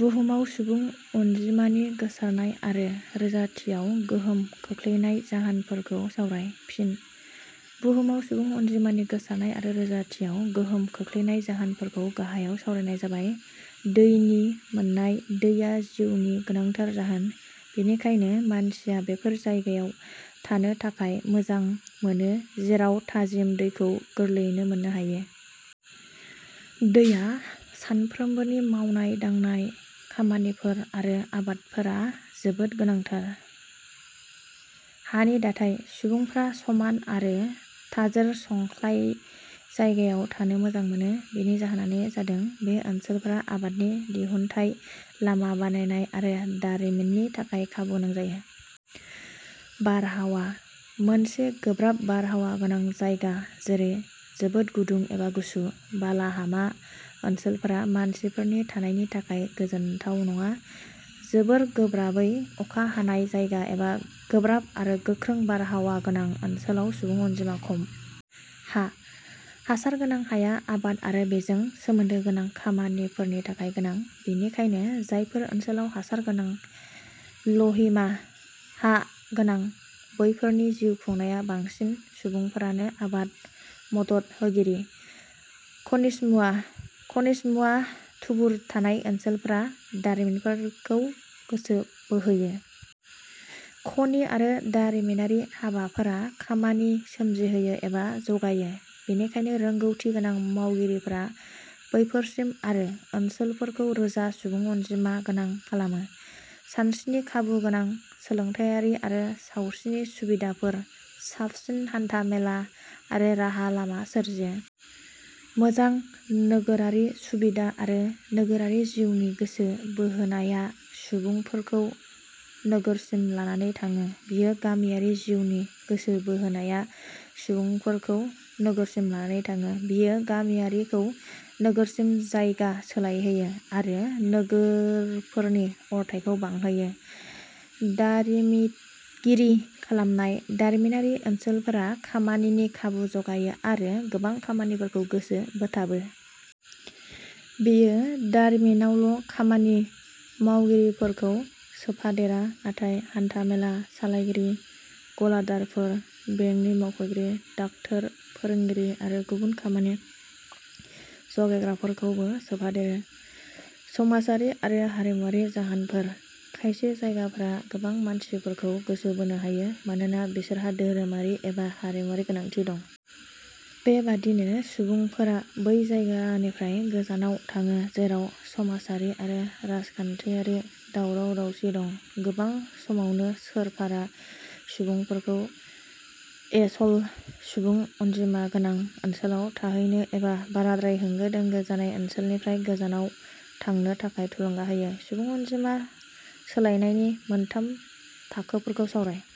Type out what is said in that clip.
बुहुमाव सुबुं अनजिमानि गोसारनाय आरो रोजाथियाव गोहोम खोख्लैनाय जाहोनफोरखौ सावराय। फिन: बुहुमआव सुबुं अनजिमानि गोसारनाय आरो रोजाथियाव गोहोम खोख्लैनाय जाहोनफोरखौ गाहायाव सावरायनाय जाबाय। दैनि मोननाय: दैआ जिउनि गोनांथार जाहोन। बेनिखायनो मानसिया बेफोर जायगायाव थानो थाखाय मोजां मोनो, जेराव थाजिम दैखौ गोरलैयैनो मोननो हायो। दैआ सानफ्रोमबोनि मावनाय-दांनाय खामानिफोर आरो आबादफोरआ जोबोद गोनांथार। हानि दाथाइ: सुबुंफोरा समान आरो थाजोर संख्लाय जायगायाव थानो मोजां मोनो। बेनि जाहोना जादों- बे ओनसोलफोरा आबादनि दिहुनथाइ, लामा बानायनाय आरो दारिमिननि थाखाय खाबु गोनां जायो। बारहावा: मोनसे गोब्राब बारहावा गोनां जायगा, जेरै- जोबोद गुदुं एबा गुसु, बालाहामा ओनसोलफोरा मानसिफोरनि थानायनि थाखाय गोजोनथाव नङा। जोबोर गोबारै अखा हानाय जायगा एबा गोब्राब आरो गोखों बारहावा गोनां ओनसोलाव सुबुं अनजिमा खम। हा: हासार गोनां हाया आबाद आरो बेजों सोमोन्दो गोनां खामानिफोरनि थाखाय गोनां। बेनिखायनो जायफोर ओनसोलाव हासार गोनां लमिहा गोनां बैफोरनि जिउ खुंनाय बांसिन सुबुंफोरानो आबाद मदद होगिरि। खनिज मुवा: खनिज मुवा थुबुर थानाय ओनसोलफोरा दारिमिनफोरखौ गोसो बोहोयो। खनि आरो दारिमिनारि हाबाफोरा खामानि सोमजिहोयो एबा जगायो। बेनिखायनो, रोंगौथि गोनां मावगिरिफोरा बैफोरसिम आरो ओनसोलफोरखौ रोजा सुबुं अनजिमा गोनां खालामो। सानस्रिनि खाबु गोनां, सोलोंथाइयारि आरो सावस्रिनि सुबिदाफोर, साबसिन हान्थामेला आरो राहा लामा सोरजियो। मोजां नोगोरारि सुबिदा आरो नोगोरारि जिउनि गोसो बोहोनाया सुबुंफोरखौ नोगोरसिम लानानै थाङो। बियो गामियारि जिउनि गोसो बोहोनाया सुबुंफोरखौ नोगोरसिम लानानै थाङो। बियो गामियारिखौ नोगोरसिम जायगा सोलाय होयो आरो नोगोरफोरनि अरथाइखौ बांहोयो। दारिमितगरि खालामनाय: दारिमिनारि ओनसोलफोरा खामानिनि खाबु जगायो आरो गोबां मानसिफोरखौ गोसो बोथाबो। बेयो दारिमिनावल' खामानि मावगिरि फोरखौ सोफादेरा नाथाय हान्थां मेला सालायगिरि, गलादारफोर, बेंकनि मावगिरि, डाक्टर, फोरोंगिरि आरो गुबुन खामानि जगायग्राफोरखौबो सोफादेरो। समाजारि आरो हारिमुआरि जाहोनफोर: खायसे जायगाफोरा गोबां मानसिफोरखौ गोसो बोनो हायो, मानोना बिसोरहा धोरोमारि एबा हारिमुआरि गोनांथि दं। बे बादिनो सुबुंफोरा बै जायगानिफ्राय गोजानाव थाङो, जेराव समाजारि आरो राजखान्थिआरि दावराव दावसि दं। गोबां समावनो सोरखारा सुबुंफोरखौ ऐसल' सुबुं अनजिमा गोनां ओनसोलाव थाहैनो एबा बाराद्राय होंगो-दोंगो जानाय ओनसोलनिफ्राय गोजानाव थांनो थाखाय थुलुंगा होयो।. सुबुं अनजिमा सोलायनायनि मोनथाम थाखोफोरखौ सावराय।